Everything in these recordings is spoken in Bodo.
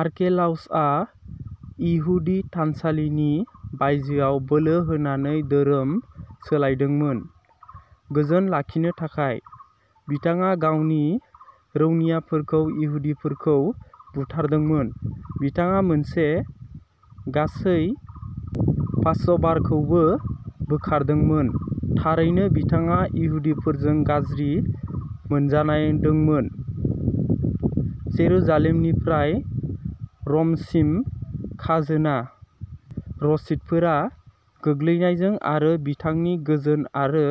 आर्केलाउसआ इहुदि थानसालिनि बायजोयाव बोलो होनानै धोरोम सोलायदोंमोन। गोजोन लाखिनो थाखाय, बिथाङा गावनि रौनियाफोरखौ इहुदिफोरखौ बुथारदोंमोन। बिथाङा मोनसे गासै पास'भारखौबो बोखारदोंमोन! थारैनो, बिथाङा इहुदिफोरजों गाज्रि मोनजादोंमोन। जेरुसालेमनिफ्राय र'मसिम खाजोना रसिदफोरा गोग्लैनायजों आरो बिथांनि गोजोन आरो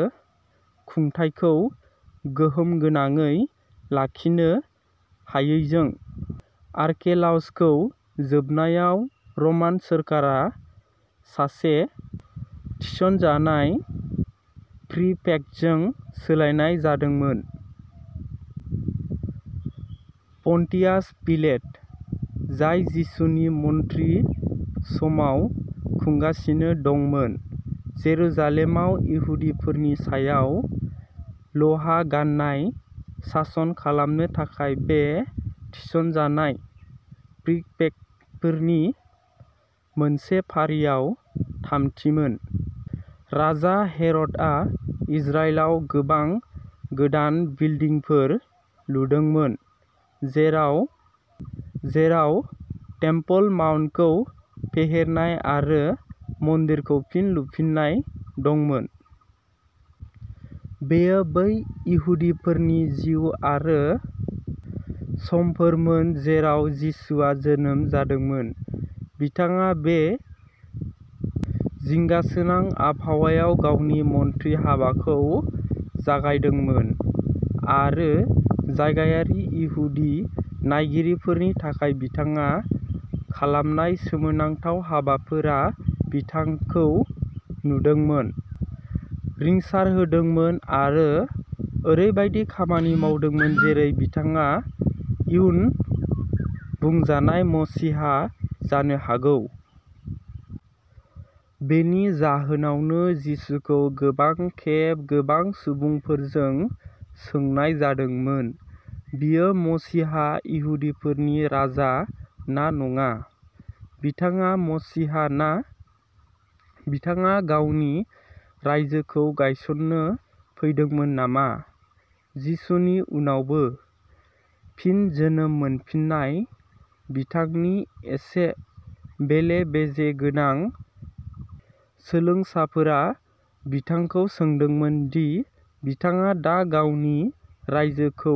खुंथायखौ गोहोम गोनाङै लाखिनो हायैजों, आर्केलाउसखौ जोबनायाव रमान सोरखारा सासे थिसनजानाय प्रिफेक्टजों सोलायनाय जादोंमोन। पन्टियास पिलेट, जाय जिसुनि मन्थ्रि समाव खुंगासिनो दंमोन, जेरुसालेमाव इहुदिफोरनि सायाव लहा-गाननाय सासन खालामनो थाखाय बे थिसनजानाय प्रिफेक्टफोरनि मोनसे फारियाव थामथिमोन। राजा हेर'डआ इजराइलाव गोबां गोदान बिल्डिंफोर लुदोंमोन, जेराव टेम्पल माउन्टखौ फेहेरनाय आरो मन्दिरखौ फिन लुफिननाय दंमोन। बेयो बै इहुदिफोरनि जिउ आरो समफोरमोन जेराव जिसुआ जोनोम जादोंमोन। बिथाङा बे जिंगासोनां आबहावायाव गावनि मन्थ्रि हाबाखौ जागायदोंमोन, आरो जायगायारि इहुदि नायगिरिफोरनि थाखाय बिथाङा खालामनाय सोमोनांथाव हाबाफोरा बिथांखौ नुदोंमोन, रिंसारहोदोंमोन आरो ओरैबायदि खामानि मावदोंमोन जेरै बिथाङा इयुन बुंजानाय मसीहा जानो हागौ। बेनि जाहोनावनो जिसुखौ गोबां खेब, गोबां सुबुंफोरजों सोंनाय जादोंमोन, बियो मसीहा, इहुदिफोरनि राजा ना नङा। बिथाङा मसीहा ना? बिथाङा गावनि रायजोखौ गायसननो फैदोंमोन नामा? जिसुनि उनावबो? फिन जोनोम मोनफिन्नाय, बिथांनि एसे बेले-बेजे गोनां सोलोंसाफोरा बिथांखौ सोंदोंमोन दि बिथाङा दा गावनि "रायजो" खौ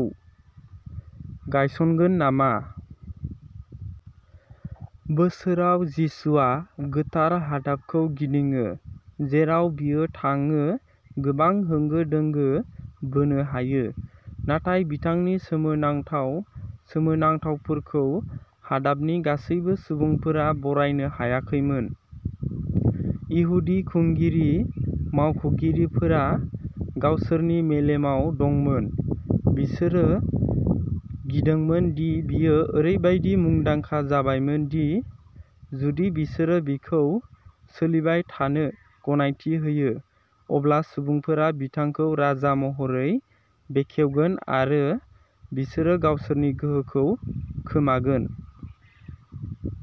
गायसनगोन नामा। बोसोराव जिसुआ गोथार हादाबखौ गिदिङो, जेरावबो बियो थाङो गोबां होंगो-दोंगोखौ बोनो हायो। नाथाय बिथांनि सोमोनांथाव सोमोनांथावफोरखौ हादाबनि गासैबो सुबुंफोरा बरायनो हायाखैमोन। इहुदि खुंगिरि मावख'गिरिफोरा गावसोरनि मेलेमाव दंमोन। बिसोरो गिदोंमोन दि बियो ओरैबायदि मुंदांखा जाबायमोन दि जुदि बिसोरो बिखौ सोलिबाय थानो गनायथि होयो, अब्ला सुबुंफोरा बिथांखौ राजा महरै बेखेवगोन आरो बिसोरो गावसोरनि गोहोखौ खोमागोन।